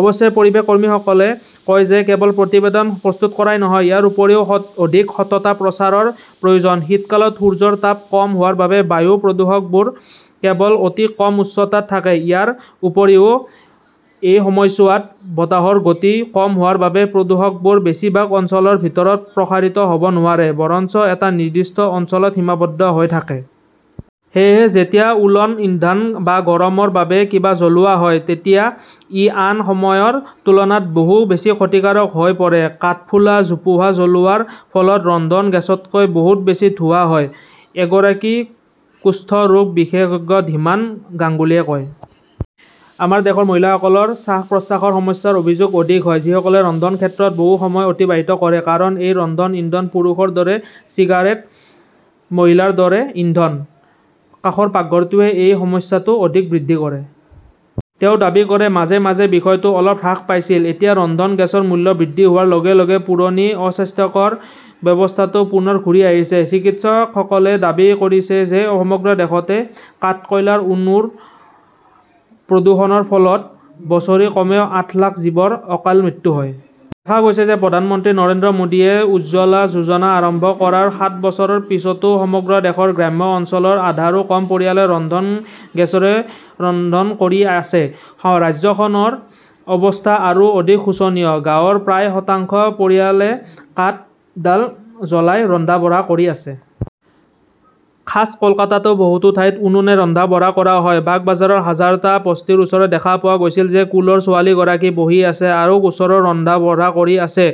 অৱশ্যে, পৰিৱেশ কৰ্মীসকলে কয় যে কেৱল প্ৰতিবেদন প্ৰস্তুত কৰাই নহয়, ইয়াৰ ওপৰিও অধিক সততা প্ৰচাৰৰ প্ৰয়োজন। শীতকালত সূৰ্যৰ তাপ কম হোৱাৰ বাবে বায়ু প্ৰদূষকবোৰ কেৱল অতি কম উচ্চতাত থাকে। ইয়াৰ উপৰিও, এই সময়ছোৱাত বতাহৰ গতি কম হোৱাৰ বাবে, প্ৰদূষকবোৰ বেছিভাগ অঞ্চলৰ ভিতৰত প্ৰসাৰিত হ'ব নোৱাৰে বৰঞ্চ এটা নিৰ্দিষ্ট অঞ্চলত সীমাবদ্ধ হৈ থাকে। সেয়েহে যেতিয়া উলন ইন্ধান বা গৰমৰ বাবে কিবা জ্বলোৱা হয় তেতিয়া ই আন সময়ৰ তুলনাত বহু বেছি ক্ষতিকাৰক হৈ পৰে। কাঠফুলা, জোপোহা জ্বলোৱাৰ ফলত ৰন্ধন গেছতকৈ বহুত বেছি ধোঁৱা হয়, এগৰাকী কুষ্ঠ ৰোগ বিশেষজ্ঞ ধীমান গাংগুলীয়ে কয়। আমাৰ দেশৰ মহিলাসকলৰ শ্বাস-প্ৰশ্বাসৰ সমস্যাৰ অভিযোগ অধিক হয়, যিসকলে ৰন্ধন ক্ষেত্ৰত বহু সময় অতিবাহিত কৰে ।কাৰণ এই ৰন্ধন ইন্ধন পুৰুষৰ দৰে চিগাৰেট, মহিলাৰ দৰে ইন্ধন। কাষৰ পাকঘৰটোৱে এই সমস্যাটো অধিক বৃদ্ধি কৰে। তেওঁ দাবী কৰে, মাজে মাজে বিষয়টো অলপ হ্ৰাস পাইছিল। এতিয়া ৰন্ধন গেছৰ মূল্য বৃদ্ধি হোৱাৰ লগে লগে পুৰণি, অস্বাস্থ্যকৰ ব্যৱস্থাটো পুনৰ ঘূৰি আহিছে। চিকিৎসকসকলে দাবী কৰিছে যে, সমগ্ৰ দেশতে কাঠকয়লাৰ উনুৰ প্ৰদূষণৰ ফলত বছৰি কমেও আঠ লাখ জীৱৰ অকাল মৃত্যু হয়। দেখা গৈছে যে, প্ৰধানমন্ত্ৰী নৰেন্দ্ৰ মোদীয়ে উজ্জ্বলা যোজনা আৰম্ভ কৰাৰ সাত বছৰৰ পিছতো সমগ্ৰ দেশৰ গ্ৰাম্য অঞ্চলৰ আধাৰো কম পৰিয়ালে ৰন্ধন গেছৰে ৰন্ধন কৰি আছে। ৰাজ্যখনৰ অৱস্থা আৰু অধিক শোচনীয়। গাঁৱৰ প্ৰায় শতাংশ পৰিয়ালে কাঠ, ডাল জ্বলাই ৰন্ধা-বঢ়া কৰি আছে। খাছ কলকাতাতো বহুতো ঠাইত উনুনে ৰন্ধা-বঢ়া কৰা হয়। বাগবাজাৰৰ হাজাৰটা বস্তিৰ ওচৰত দেখা পোৱা গৈছিল যে,‌‌ কোলৰ ছোৱালীগৰাকী বহি আছে আৰু ওচৰৰ ৰন্ধা-বঢ়া কৰি আছে।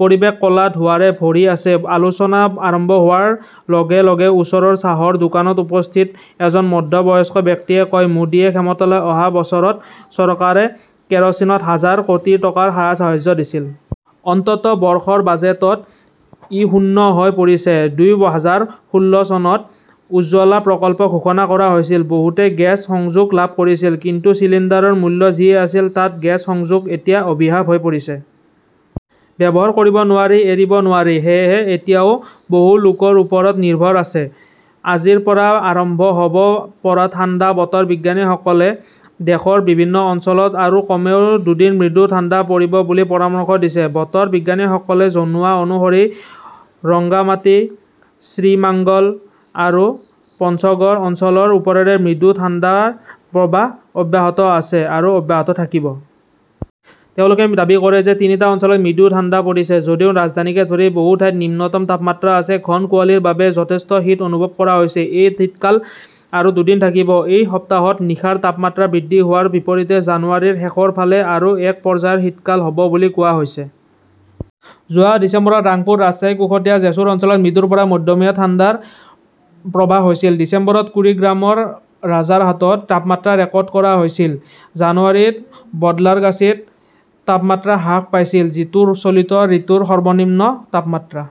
পৰিৱেশ কলা ধোঁৱাৰে ভৰি আছে। আলোচনা আৰম্ভ হোৱাৰ লগে লগে ওচৰৰ চাহৰ দোকানত উপস্থিত এজন মধ্যবয়স্ক ব্যক্তিয়ে কয়, "মোদীয়ে ক্ষমতালৈ অহা বছৰত চৰকাৰে কেৰচিনত হাজাৰ কোটি টকাৰ ৰাজসাহায্য দিছিল। অন্ততঃ -' বৰ্ষৰ বাজেটত ই শূন্য হৈ পৰিছে। দুই হাজাৰ ষোল্ল চনত উজ্জ্বলা প্ৰকল্প ঘোষণা কৰা হৈছিল। বহুতে গেছ সংযোগ লাভ কৰিছিল। কিন্তু চিলিণ্ডাৰৰ মূল্য যি আছিল, তাত গেছ সংযোগ এতিয়া অভিশাপ হৈ পৰিছে। ব্যৱহাৰ কৰিব নোৱাৰি, এৰিব নোৱাৰি! সেয়েহে এতিয়াও বহু লোকৰ ওপৰত নিৰ্ভৰ আছে। আজিৰ পৰা আৰম্ভ হ'ব পৰা ঠাণ্ডা বতৰ বিজ্ঞানীসকলে দেশৰ বিভিন্ন অঞ্চলত আৰু কমেও দুদিন মৃদু ঠাণ্ডা পৰিব বুলি পৰামৰ্শ দিছে। বতৰ বিজ্ঞানীসকলে জনোৱা অনুসৰি ৰংগামাটি, শ্ৰীমান্গল আৰু পঞ্চগড় অঞ্চলৰ ওপৰেৰে মৃদু ঠাণ্ডাৰ প্ৰৱাহ অব্যাহত আছে আৰু অব্যাহত থাকিব। তেওঁলোকে দাবী কৰে যে তিনিটা অঞ্চলত মৃদু ঠাণ্ডা পৰিছে। যদিও ৰাজধানীকে ধৰি বহু ঠাইত নিম্নতম তাপমাত্ৰা আছে, ঘন কুঁৱলীৰ বাবে যথেষ্ট শীত অনুভৱ কৰা হৈছে। এই শীতকাল আৰু দুদিন থাকিব। এই সপ্তাহত নিশাৰ তাপমাত্ৰা বৃদ্ধি হোৱাৰ বিপৰীতে জানুৱাৰীৰ শেষৰ ফালে আৰু এক পৰ্যায়ৰ শীতকাল হ'ব বুলি কোৱা হৈছে। যোৱা ডিচেম্বৰত ৰাংপুৰ, ৰাজশ্বাহী, কুশটিয়া আৰু জেছোৰ অঞ্চলত মৃদুৰ পৰা মধ্যমীয়া ঠাণ্ডাৰ প্ৰৱাহ হৈছিল। ডিচেম্বৰত কুৰিগ্ৰামৰ ৰাজাৰহাটত তাপমাত্ৰা ৰেকৰ্ড কৰা হৈছিল। জানুৱাৰীত বদলাৰগাচীত তাপমাত্ৰা হ্ৰাস পাইছিল, যিটো চলিত ঋতুৰ সৰ্বনিম্ন তাপমাত্ৰা।